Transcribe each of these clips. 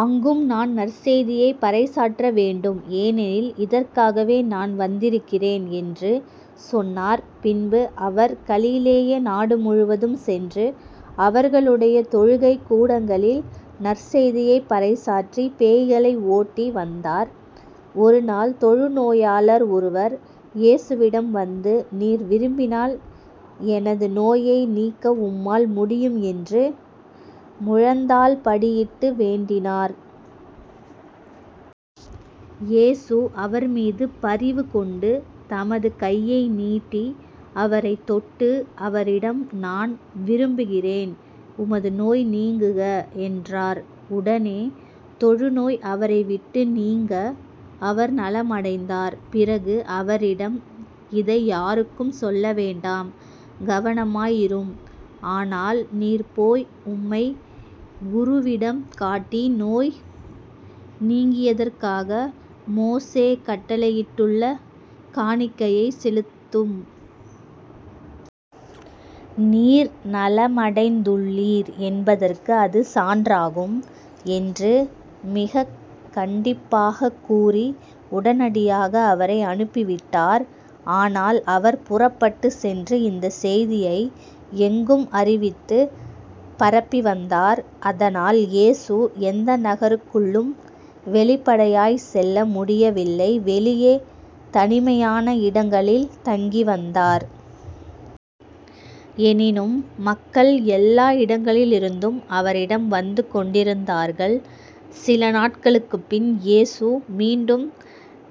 அங்கும் நான் நற்செய்தியைப் பறைசாற்ற வேண்டும் ஏனெனில் இதற்காகவே நான் வந்திருக்கிறேன் என்று சொன்னார். பின்பு அவர் கலிலேய நாடுமுழுவதும் சென்று அவர்களுடைய தொழுகைக் கூடங்களில் நற்செய்தியைப் பறைசாற்றி பேய்களை ஓட்டி வந்தார். ஒரு நாள் தொழுநோயாளர் ஒருவர் இயேசுவிடம் வந்து நீர் விரும்பினால் எனது நோயை நீக்க உம்மால் முடியும் என்று முழந்தாள் படியிட்டு வேண்டினார். இயேசு அவர்மீது பரிவு கொண்டு தமது கையை நீட்டி அவரைத் தொட்டு அவரிடம் நான் விரும்புகிறேன் உமது நோய் நீங்குக. என்றார். உடனே தொழுநோய் அவரைவிட்டு நீங்க, அவர் நலமடைந்தார். பிறகு அவரிடம் இதை யாருக்கும் சொல்ல வேண்டாம் கவனமாய் இரும். ஆனால் நீர் போய் உம்மைக் குருவிடம் காட்டி நோய் நீங்கியதற்காக மோசே கட்டளையிட்டுள்ள காணிக்கையைச் செலுத்தும். நீர் நலமடைந்துள்ளீர் என்பதற்கு அது சான்றாகும் என்று மிகக் கண்டிப்பாகக் கூறி உடனடியாக அவரை அனுப்பி விட்டார். ஆனால் அவர் புறப்பட்டுச் சென்று இந்தச் செய்தியை எங்கும் அறிவித்துப் பரப்பிவந்தார். அதனால் இயேசு எந்த நகருக்குள்ளும் வெளிப்படையாய்ச் செல்ல முடியவில்லை வெளியே தனிமையான இடங்களில் தங்கிவந்தார். எனினும் மக்கள் எல்லா இடங்களிலிருந்தும் அவரிடம் வந்து கொண்டிருந்தார்கள். சில நாட்களுக்குப்பின் இயேசு மீண்டும்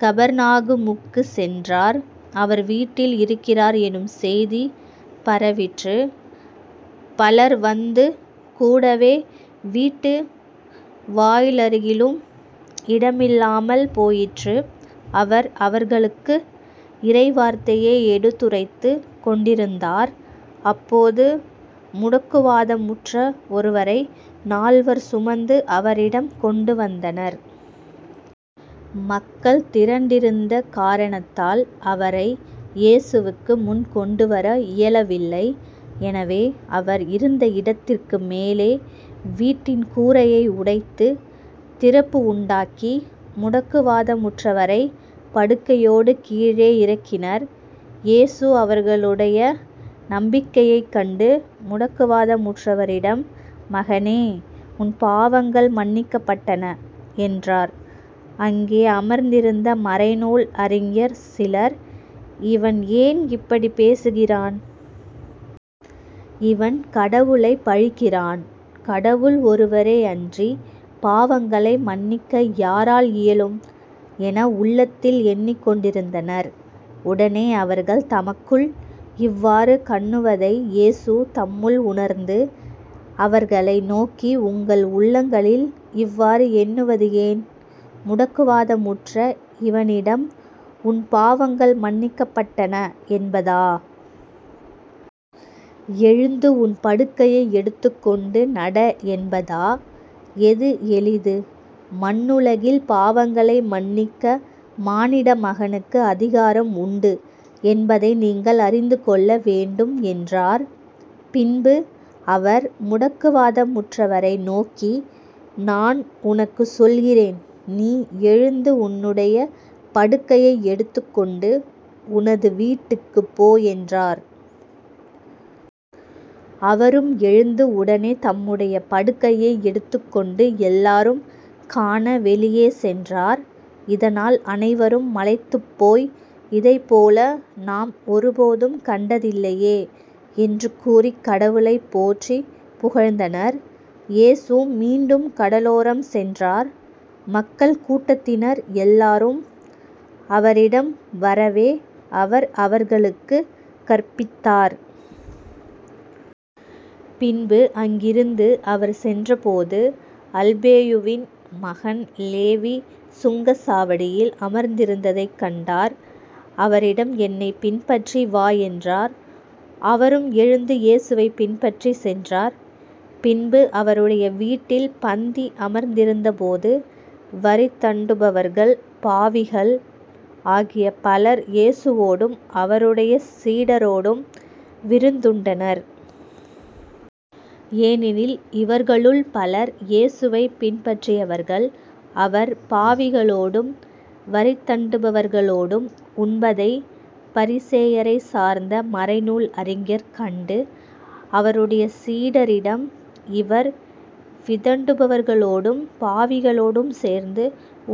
கபர்நாகுமுக்குச் சென்றார். அவர் வீட்டில் இருக்கிறார் என்னும் செய்தி பரவிற்று. பலர் வந்து கூடவே வீட்டு வாயிலருகிலும் இடமில்லாமல் போயிற்று. அவர் அவர்களுக்கு இறைவார்த்தையை எடுத்துரைத்துக் கொண்டிருந்தார். அப்போது முடக்குவாதமுற்ற ஒருவரை நால்வர் சுமந்து அவரிடம் கொண்டுவந்தனர். மக்கள் திரண்டிருந்த காரணத்தால் அவரை இயேசுவுக்கு முன் கொண்டுவர இயலவில்லை. எனவே அவர் இருந்த இடத்திற்கு மேலே வீட்டின் கூரையை உடைத்துத் திறப்பு உண்டாக்கி முடக்குவாதமுற்றவரைப் படுக்கையோடு கீழே இறக்கினர். இயேசு அவர்களுடைய நம்பிக்கையைக் கண்டு முடக்குவாதமுற்றவரிடம் மகனே உன் பாவங்கள் மன்னிக்கப்பட்டன என்றார். அங்கே அமர்ந்திருந்த மறைநூல் அறிஞர் சிலர் இவன் ஏன் இப்படிப் பேசுகிறான்? இவன் கடவுளைப் பழிக்கிறான். கடவுள் ஒருவரே அன்றிப் பாவங்களை மன்னிக்க யாரால் இயலும்? என உள்ளத்தில் எண்ணிக் கொண்டிருந்தனர். உடனே அவர்கள் தமக்குள் இவ்வாறு கண்ணுவதை இயேசு தம்முள் உணர்ந்து, அவர்களை நோக்கி உங்கள் உள்ளங்களில் இவ்வாறு எண்ணுவது ஏன்? முடக்குவாதமுற்ற இவனிடம் உன் பாவங்கள் மன்னிக்கப்பட்டன என்பதா? எழுந்து உன் படுக்கையை எடுத்துக்கொண்டு நட என்பதா? எது எளிது? மண்ணுலகில் பாவங்களை மன்னிக்க மானிட மகனுக்கு அதிகாரம் உண்டு என்பதை நீங்கள் அறிந்துகொள்ள வேண்டும் என்றார். பின்பு அவர் முடக்குவாதமுற்றவரை நோக்கி நான் உனக்குச் சொல்கிறேன் நீ எழுந்து உன்னுடைய படுக்கையை எடுத்துக்கொண்டு உனது வீட்டுக்குப் போ என்றார். அவரும் எழுந்து உடனே தம்முடைய படுக்கையை எடுத்துக்கொண்டு எல்லாரும் காண வெளியே சென்றார். இதனால் அனைவரும் மலைத்துப்போய் இதைப்போல நாம் ஒருபோதும் கண்டதில்லையே என்று கூறிக் கடவுளைப் போற்றிப் புகழ்ந்தனர். இயேசு மீண்டும் கடலோரம் சென்றார். மக்கள் கூட்டத்தினர் எல்லாரும் அவரிடம் வரவே அவர் அவர்களுக்குக் கற்பித்தார். பின்பு அங்கிருந்து அவர் சென்றபோது அல்பேயுவின் மகன் லேவி சுங்கச்சாவடியில் அமர்ந்திருந்ததைக் கண்டார் அவரிடம் என்னைப் பின்பற்றி வா என்றார். அவரும் எழுந்து இயேசுவைப் பின்பற்றிச் சென்றார். பின்பு அவருடைய வீட்டில் பந்தி அமர்ந்திருந்தபோது வரிதண்டுபவர்கள் பாவிகள் ஆகிய பலர் இயேசுவோடும் அவருடைய சீடரோடும் விருந்துண்டனர். ஏனெனில் இவர்களுள் பலர் இயேசுவைப் பின்பற்றியவர்கள். அவர் பாவிகளோடும் வரிதண்டுபவர்களோடும் உண்பதைப் பரிசேயரைச் சார்ந்த மறைநூல் அறிஞர் கண்டு அவருடைய சீடரிடம் இவர் விதண்டுபவர்களோடும் பாவிகளோடும் சேர்ந்து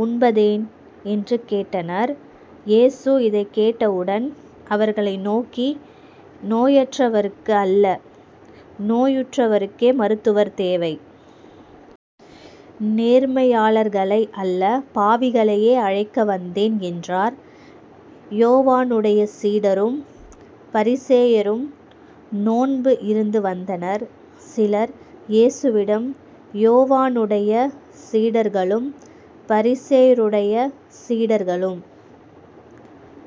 உண்பதேன்? என்று கேட்டனர். இயேசு இதைக் கேட்டவுடன் அவர்களை நோக்கி நோயற்றவர்க்கு அல்ல நோயுற்றவருக்கே மருத்துவர் தேவை. நேர்மையாளர்களை அல்ல பாவிகளையே அழைக்க வந்தேன் என்றார். யோவானுடைய சீடரும் பரிசேயரும் நோன்பு இருந்துவந்தனர். சிலர் இயேசுவிடம் யோவானுடைய சீடர்களும் பரிசேயருடைய சீடர்களும்